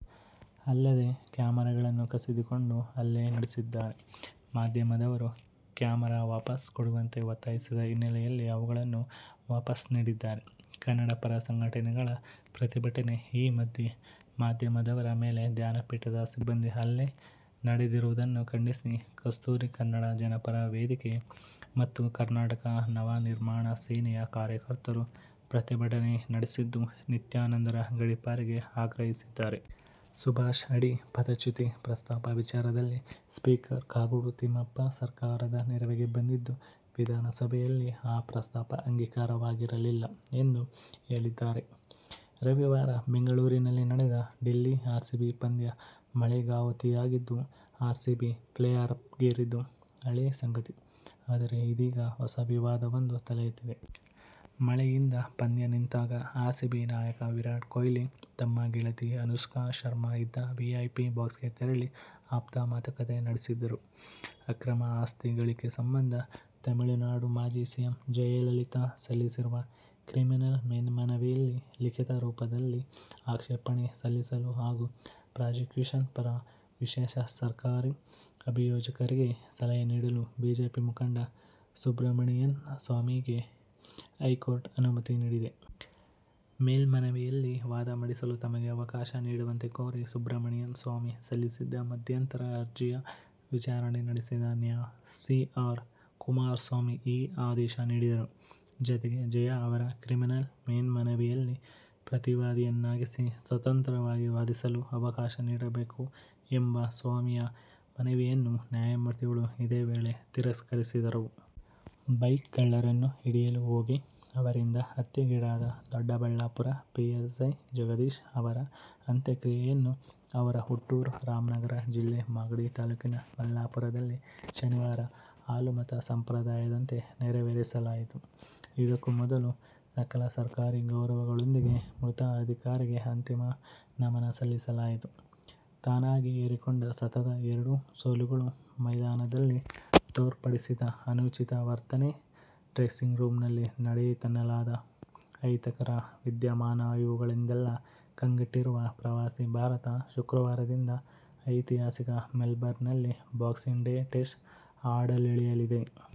ಅಲ್ಲದೇ ಕ್ಯಾಮರಾಗಳನ್ನು ಕಸಿದುಕೊಂಡು ಹಲ್ಲೆ ನಡೆಸಿದ್ದಾರೆ. ಮಾಧ್ಯಮದವರು ಕ್ಯಾಮರಾ ವಾಪಸ್ ಕೊಡುವಂತೆ ಒತ್ತಾಯಿಸಿದ ಹಿನ್ನೆಲೆಯಲ್ಲಿ ಅವುಗಳನ್ನು ವಾಪಸ್ ನೀಡಿದ್ದಾರೆ. ಕನ್ನಡ ಪರ ಸಂಘಟನೆಗಳ ಪ್ರತಿಭಟನೆ:ಈ ಮಧ್ಯೆ, ಮಾಧ್ಯಮದವರ ಮೇಲೆ ಧ್ಯಾನಪೀಠದ ಸಿಬ್ಬಂದಿ ಹಲ್ಲೆ ನಡೆದಿರುವುದನ್ನು ಖಂಡಿಸಿ ಕಸ್ತೂರಿ ಕನ್ನಡ ಜನಪರ ವೇದಿಕೆ ಮತ್ತು ಕರ್ನಾಟಕ ನವನಿರ್ಮಾಣ ಸೇನೆಯ ಕಾರ್ಯಕರ್ತರು ಪ್ರತಿಭಟನೆ ನಡೆಸಿದ್ದು, ನಿತ್ಯಾನಂದರ ಗಡಿಪಾರಿಗೆ ಆಗ್ರಹಿಸಿದ್ದಾರೆ. ಸುಭಾಷ್ ಅಡಿ ಪದಚ್ಯುತಿ ಪ್ರಸ್ತಾಪ ವಿಚಾರದಲ್ಲಿ ಸ್ಪೀಕರ್ ಕಾಗೋಡು ತಿಮ್ಮಪ್ಪ ಸರ್ಕಾರದ ನೆರವಿಗೆ ಬಂದಿದ್ದು, ವಿಧಾನಸಭೆಯಲ್ಲಿ ಆ ಪ್ರಸ್ತಾಪ ಅಂಗೀಕಾರವಾಗಿರಲಿಲ್ಲ ಎಂದು ಹೇಳಿದ್ದಾರೆ. ರವಿವಾರ ಬೆಂಗಳೂರಿನಲ್ಲಿ ನಡೆದ ಡೆಲ್ಲಿ-ಆರ್ಸಿಬಿ ಪಂದ್ಯ ಮಳೆಗಾಹುತಿಯಾಗಿದ್ದು, ಆರ್ಸಿಬಿ ಪ್ಲೇಆಫ್ಗೇರಿದ್ದು ಹಳೇ ಸಂಗತಿ. ಆದರೆ ಇದೀಗ ಹೊಸ ವಿವಾದವೊಂದು ತಲೆ ಎತ್ತಿದೆ. ಮಳೆಯಿಂದ ಪಂದ್ಯ ನಿಂತಾಗ ಆರ್ಸಿಬಿ ನಾಯಕ ವಿರಾಟ್ ಕೊಹ್ಲಿ ತಮ್ಮ ಗೆಳತಿ ಅನುಷ್ಕಾ ಶರ್ಮಾ ಇದ್ದ ವಿಐಪಿ ಬಾಕ್ಸ್ಗೆ ತೆರಳಿ ಆಪ್ತ ಮಾತುಕತೆ ನಡೆಸಿದ್ದರು. ಅಕ್ರಮ ಆಸ್ತಿ ಗಳಿಕೆ ಸಂಬಂಧ ತಮಿಳುನಾಡು ಮಾಜಿ ಸಿಎಂ ಜಯಲಲಿತಾ ಸಲ್ಲಿಸಿರುವ ಕ್ರಿಮಿನಲ್ ಮೇಲ್ಮನವಿಯಲ್ಲಿ ಲಿಖೀತ ರೂಪದಲ್ಲಿ ಆಕ್ಷೇಪಣೆ ಸಲ್ಲಿಸಲು ಹಾಗೂ ಪ್ರಾಸಿಕ್ಯೂಷನ್ ಪರ ವಿಶೇಷ ಸರ್ಕಾರಿ ಅಭಿಯೋಜಕರಿಗೆ ಸಲಹೆ ನೀಡಲು ಬಿಜೆಪಿ ಮುಖಂಡ ಸುಬ್ರಮಣಿಯನ್ ಸ್ವಾಮಿಗೆ ಹೈಕೋರ್ಟ್ ಅನುಮತಿ ನೀಡಿದೆ. ಮೇಲ್ಮನವಿಯಲ್ಲಿ ವಾದ ಮಂಡಿಸಲು ತಮಗೆ ಅವಕಾಶ ನೀಡುವಂತೆ ಕೋರಿ ಸುಬ್ರಮಣಿಯನ್ ಸ್ವಾಮಿ ಸಲ್ಲಿಸಿದ್ದ ಮಧ್ಯಂತರ ಅರ್ಜಿಯ ವಿಚಾರಣೆ ನಡೆಸಿದ ನ್ಯಾ. ಸಿ. ಆರ್. ಕುಮಾರ್ ಸ್ವಾಮಿ ಈ ಆದೇಶ ನೀಡಿದರು. ಜತೆಗೆ, ಜಯಾ ಅವರ ಕ್ರಿಮಿನಲ್ ಮೇಲ್ಮನವಿಯಲ್ಲಿ ಪ್ರತಿವಾದಿಯನ್ನಾಗಿಸಿ ಸ್ವತಂತ್ರ್ಯವಾಗಿ ವಾದಿಸಲು ಅವಕಾಶ ನೀಡಬೇಕು ಎಂಬ ಸ್ವಾಮಿಯ ಮನವಿಯನ್ನು ನ್ಯಾಯಮೂರ್ತಿಗಳು ಇದೇ ವೇಳೆ ತಿರಸ್ಕರಿಸಿದರು. ಬೈಕ್ ಕಳ್ಳರನ್ನು ಹಿಡಿಯಲು ಹೋಗಿ ಅವರಿಂದ ಹತ್ಯೆಗೀಡಾದ ದೊಡ್ಡಬಳ್ಳಾಪುರ ಪಿಎಸ್ಐ ಜಗದೀಶ್ ಅವರ ಅಂತ್ಯಕ್ರಿಯೆಯನ್ನು ಅವರ ಹುಟ್ಟೂರು ರಾಮನಗರ ಜಿಲ್ಲೆ ಮಾಗಡಿ ತಾಲೂಕಿನ ಮಲ್ಲಾಪುರದಲ್ಲಿ ಶನಿವಾರ ಹಾಲುಮತ ಸಂಪ್ರದಾಯದಂತೆ ನೆರವೇರಿಸಲಾಯಿತು. ಇದಕ್ಕೂ ಮೊದಲು ಸಕಲ ಸರ್ಕಾರಿ ಗೌರವಗಳೊಂದಿಗೆ ಮೃತ ಅಧಿಕಾರಿಗೆ ಅಂತಿಮ ನಮನ ಸಲ್ಲಿಸಲಾಯಿತು. ತಾನಾಗಿ ಹೇರಿಕೊಂಡ ಸತತ ಎರಡು ಸೋಲುಗಳು, ಮೈದಾನದಲ್ಲಿ ತೋರ್ಪಡಿಸಿದ ಅನುಚಿತ ವರ್ತನೆ, ಡ್ರೆಸ್ಸಿಂಗ್ ರೂಮ್ನಲ್ಲಿ ನಡೆಯಿತೆನ್ನಲಾದ ಅಹಿತಕರ ವಿದ್ಯಮಾನಇವುಗಳಿಂದೆಲ್ಲ ಕಂಗೆಟ್ಟಿರುವ ಪ್ರವಾಸಿ ಭಾರತ ಶುಕ್ರವಾರದಿಂದ ಐತಿಹಾಸಿಕ ಮೆಲ್ಬರ್ನ್ನಲ್ಲಿ "ಬಾಕ್ಸಿಂಗ್ ಡೇ' ಟೆಸ್ಟ್ ಆಡಲಿಳಿಯಲಿದೆ.